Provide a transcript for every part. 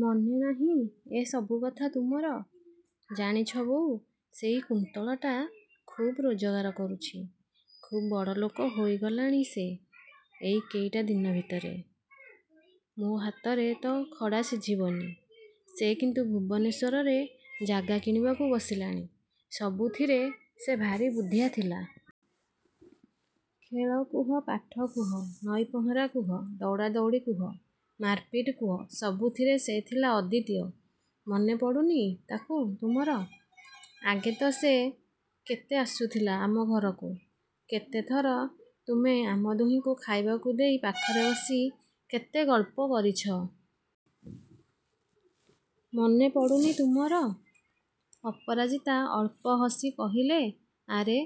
ମନେ ନାହିଁ ଏ ସବୁ କଥା ତୁମର? ଜାଣିଛ ବୋଉ ସେଇ କୁନ୍ତଳାଟା ଖୁବ୍ ରୋଜଗାର କରୁଛି। ଖୁବ୍ ବଡ଼ଲୋକ ହୋଇଗଲାଣି ସେ ଏଇ କେଇଟା ଦିନ ଭିତରେ। ମୋ ହାତରେ ତ ଖଡ଼ା ସିଝିବନି। ସେ କିନ୍ତୁ ଭୁବନେଶ୍ୱରରେ ଜାଗା କିଣିବାକୁ ବସିଲାଣି। ସବୁଥିରେ ସେ ଭାରି ବୁଦ୍ଧିଆ ଥିଲା। ଖେଳ କୁହ, ପାଠ କୁହ, ନଈ ପହଁରା କୁହ, ଦଉଡ଼ାଦଉଡ଼ି କୁହ, ମାରପିଟ୍ କୁହ ସବୁଥିରେ ସେ ଥିଲା ଅଦ୍ୱିତୀୟ। ମନେ ପଡ଼ୁନି ତାକୁ ତୁମର। ଆଗେ ତ ସେ କେତେ ଆସୁଥିଲା ଆମ ଘରକୁ। କେତେଥର ତୁମେ ଆମ ଦୁହିଁଙ୍କୁ ଖାଇବାକୁ ଦେଇ ପାଖରେ ବସି କେତେ ଗଳ୍ପ କରିଛ। ମନେ ପଡ଼ୁନି ତୁମର? ଅପରାଜିତା ଅଳ୍ପ ହସି କହିଲେ ଆରେ,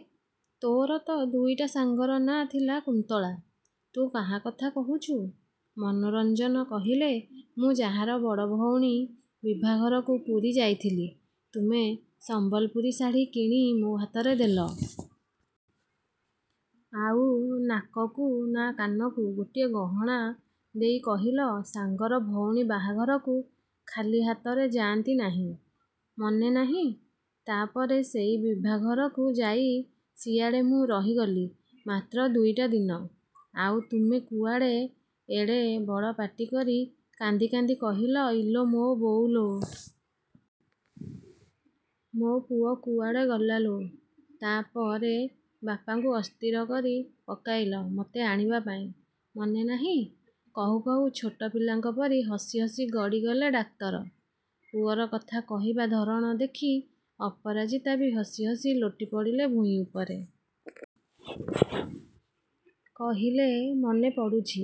ତୋର ତ ଦୁଇଟା ସାଙ୍ଗର ନାଁ ଥିଲା କୁନ୍ତଳା। ତୁ କାହା କଥା କହୁଛୁ? ମନୋରଞ୍ଜନ କହିଲେ ମୁଁ ଯାହାର ବଡ଼ ଭଉଣୀ ବିଭାଘରକୁ ପୁରୀ ଯାଇଥିଲି। ତୁମେ ସମ୍ବଲପୁରୀ ଶାଢ଼ି କିଣି ମୋ ହାତରେ ଦେଲ। ଆଉ ନାକକୁ, ନା, କାନକୁ ଗୋଟିଏ ଗହଣା ଦେଇ କହିଲ ସାଙ୍ଗର ଭଉଣୀ ବାହାଘରକୁ ଖାଲି ହାତରେ ଯାଆନ୍ତି ନାହିଁ। ମନେ ନାହିଁ? ତା' ପରେ ସେଇ ବିଭାଘରକୁ ଯାଇ ସିଆଡ଼େ ମୁଁ ରହିଗଲି ମାତ୍ର ଦୁଇଟା ଦିନ। ଆଉ, ତୁମେ କୁଆଡ଼େ ଏଡ଼େ ବଡ଼ ପାଟି କରି କାନ୍ଦି କାନ୍ଦି କହିଲ ଇଲୋ ମୋ ବୋଉଲୋ। ମୋ ପୁଅ କୁଆଡ଼େ ଗଲାଲୋ। ତା' ପରେ ବାପାଙ୍କୁ ଅସ୍ଥିର କରି ପକାଇଲ ମତେ ଆଣିବା ପାଇଁ, ମନେ ନାହିଁ? କହୁ କହୁ ଛୋଟ ପିଲାଙ୍କ ପରି ହସି ହସି ଗଡ଼ି ଗଲେ ଡାକ୍ତର। ପୁଅର କଥା କହିବା ଧରଣ ଦେଖି ଅପରାଜିତା ବି ହସି ହସି ଲୋଟି ପଡ଼ିଲେ ଭୂଇଁ ଉପରେ। କହିଲେ ମନେ ପଡ଼ୁଛି।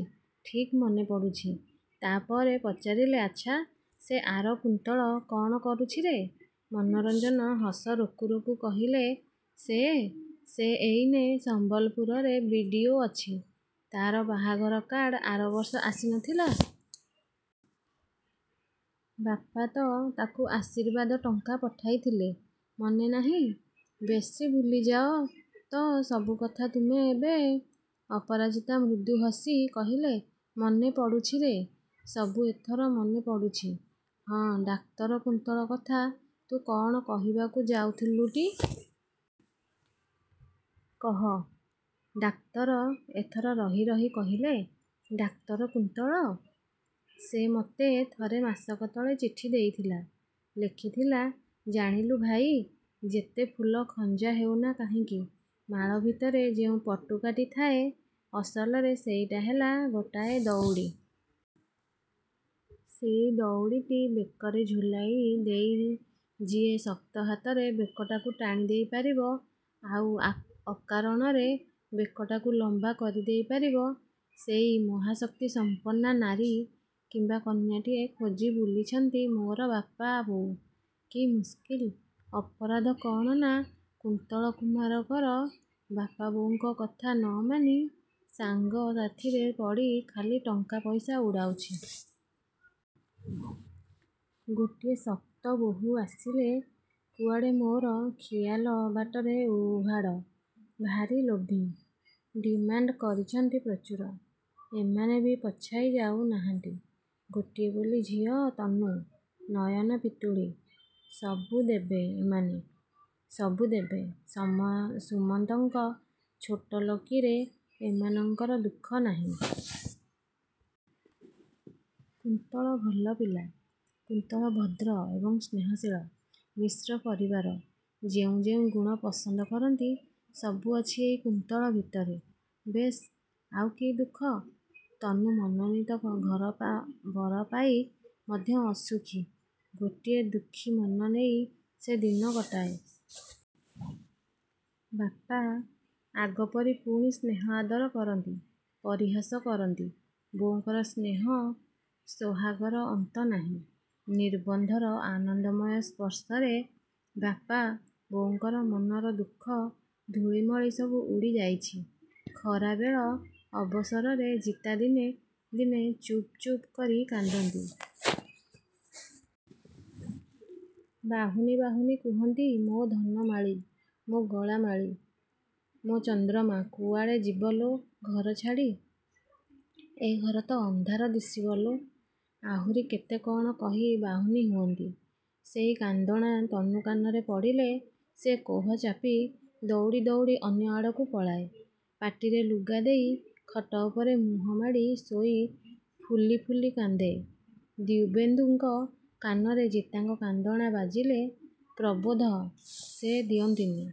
ଠିକ୍ ମନେ ପଡ଼ୁଛି। ତା' ପରେ ପଚାରିଲେ ଆଚ୍ଛା, ସେ ଆର କୁନ୍ତଳ କ'ଣ କରୁଛିରେ? ମନୋରଞ୍ଜନ ହସ ରୋକୁ ରୋକୁ କହିଲେ ସେ, ସେ ଏଇନେ ସମ୍ବଲପୁରରେ ବି. ଡି. ଓ. ଅଛି। ତା'ର ବାହାଘର କାର୍ଡ଼ ଆରବର୍ଷ ଆସି ନଥିଲା? ବାପା ତ ତାକୁ ଆଶୀର୍ବାଦ ଟଙ୍କା ପଠାଇଥିଲେ। ମନେ ନାହିଁ? ବେଶୀ ଭୁଲି ଯାଅ ତ ସବୁ କଥା ତୁମେ ଏବେ । ଅପରାଜିତା ମୃଦୁ ହସି କହିଲେ ମନେ ପଡ଼ୁଛିରେ, ସବୁ ଏଥର ମନେ ପଡ଼ୁଛି। ହଁ, ଡାକ୍ତର କୁନ୍ତଳ କଥା ତୁ କ'ଣ କହିବାକୁ ଯାଉଥିଲୁଟି? କହ। ଡାକ୍ତର ଏଥର ରହି ରହି କହିଲେ ଡାକ୍ତର କୁନ୍ତଳ! ସେ ମତେ ଥରେ ମାସକ ତଳେ ଚିଠି ଦେଇଥିଲା ଲେଖିଥିଲା ଜାଣିଲୁ ଭାଇ ଯେତେ ଫୁଲ ଖଞ୍ଜା ହେଉନା କାହିଁକି ମାଳ ଭିତରେ ଯେଉଁ ପଟୁକାଟି ଥାଏ ଅସଲରେ ସେଇଟା ହେଲା ଗୋଟାଏ ଦଉଡ଼ି। ସେଇ ଦଉଡ଼ିଟି ବେକରେ ଝୁଲାଇ ଦେଇ ଯିଏ ଶକ୍ତ ହାତରେ ବେକଟାକୁ ଟାଣି ଦେଇ ପାରିବ, ଆଉ ଅକାରଣରେ ବେକଟାକୁ ଲମ୍ବା କରି ଦେଇ ପାରିବ, ସେଇ ମହାଶକ୍ତି ସମ୍ପନ୍ନା ନାରୀ କିମ୍ବା କନ୍ୟାଟିଏ ଖୋଜି ବୁଲିଛନ୍ତି ମୋର ବାପା, ବୋଉ। କି ମୁସ୍କିଲ! ଅପରାଧ କ'ଣ ନା କୁନ୍ତଳ କୁମାର କର ବାପା ବୋଉଙ୍କ କଥା ନ ମାନି ସାଙ୍ଗ ସାଥିରେ ପଡ଼ି ଖାଲି ଟଙ୍କା ପଇସା ଉଡ଼ାଉଛି। ଗୋଟିଏ ଶକ୍ତ ବୋହୂ ଆସିଲେ କୁଆଡ଼େ ମୋର ଖିଆଲ ବାଟରେ ଉହାଡ଼। ଭାରି ଲୋଭୀ। ଡିମାଣ୍ଡ କରିଛନ୍ତି ପ୍ରଚୁର। ଏମାନେ ବି ପଛାଇ ଯାଉ ନାହାନ୍ତି। ଗୋଟିଏ ବୋଲି ଝିଅ ତନୁ। ନୟନ ପିତୁଳି। ସବୁ ଦେବେ ଏମାନେ, ସବୁ ଦେବେ। ସୁମନ୍ତଙ୍କ ଛୋଟଲୋକିରେ ଏମାନଙ୍କର ଦୁଃଖ ନାହିଁ। କୁନ୍ତଳ ଭଲ ପିଲା। କୁନ୍ତଳ ଭଦ୍ର ଏବଂ ସ୍ନେହଶୀଳ। ମିଶ୍ର ପରିବାର ଯେଉଁ ଯେଉଁ ଗୁଣ ପସନ୍ଦ କରନ୍ତି, ସବୁ ଅଛି ଏଇ କୁନ୍ତଳ ଭିତରେ। ବେଶ୍, ଆଉ କି ଦୁଃଖ। ତନୁ ମନୋନୀତ ଘର ବର ପାଇ ମଧ୍ୟ ଅସୁଖୀ। ଗୋଟିଏ ଦୁଃଖୀ ମନ ନେଇ ସେ ଦିନ କଟାଏ। ବାପା, ଆଗପରି ପୁଣି ସ୍ନେହ ଆଦର କରନ୍ତି, ପରିହାସ କରନ୍ତି। ବୋଉଙ୍କର ସ୍ନେହ ସୋହାଗର ଅନ୍ତ ନାହିଁ। ନିର୍ବନ୍ଧର ଆନନ୍ଦମୟ ସ୍ପର୍ଶରେ ବାପା, ବୋଉଙ୍କର ମନର ଦୁଃଖ ଧୂଳିମଳି ସବୁ ଉଡ଼ି ଯାଇଛି। ଖରାବେଳ ଅବସରରେ ଜିତା ଦିନେ, ଦିନେ ଚୁପ୍ ଚୁପ୍ କରି କାନ୍ଦନ୍ତି। ବାହୁନି ବାହୁନି କୁହନ୍ତି ମୋ ଧନମାଳି, ମୋ ଗଳାମାଳି, ମୋ ଚନ୍ଦ୍ରମା କୁଆଡ଼େ ଯିବ ଲୋ ଘର ଛାଡ଼ି। ଏ ଘର ତ ଅନ୍ଧାର ଦିଶିବ ଲୋ! ଆହୁରି କେତେ କ'ଣ କହି ବାହୁନି ହୁଅନ୍ତି। ସେଇ କାନ୍ଦଣା ତନୁ କାନରେ ପଡ଼ିଲେ ସେ କୋହ ଚାପି ଦଉଡ଼ି ଦଉଡ଼ି ଅନ୍ୟ ଆଡ଼କୁ ପଳାଏ, ପାଟିରେ ଲୁଗା ଦେଇ ଖଟ ଉପରେ ମୁହଁ ମାଡ଼ି ଶୋଇ ଫୁଲି ଫୁଲି କାନ୍ଦେ। ଦିବ୍ୟେନ୍ଦୁଙ୍କ କାନରେ ଜିତାଙ୍କ କାନ୍ଦଣା ବାଜିଲେ ପ୍ରବୋଧ ସେ ଦିଅନ୍ତିନି।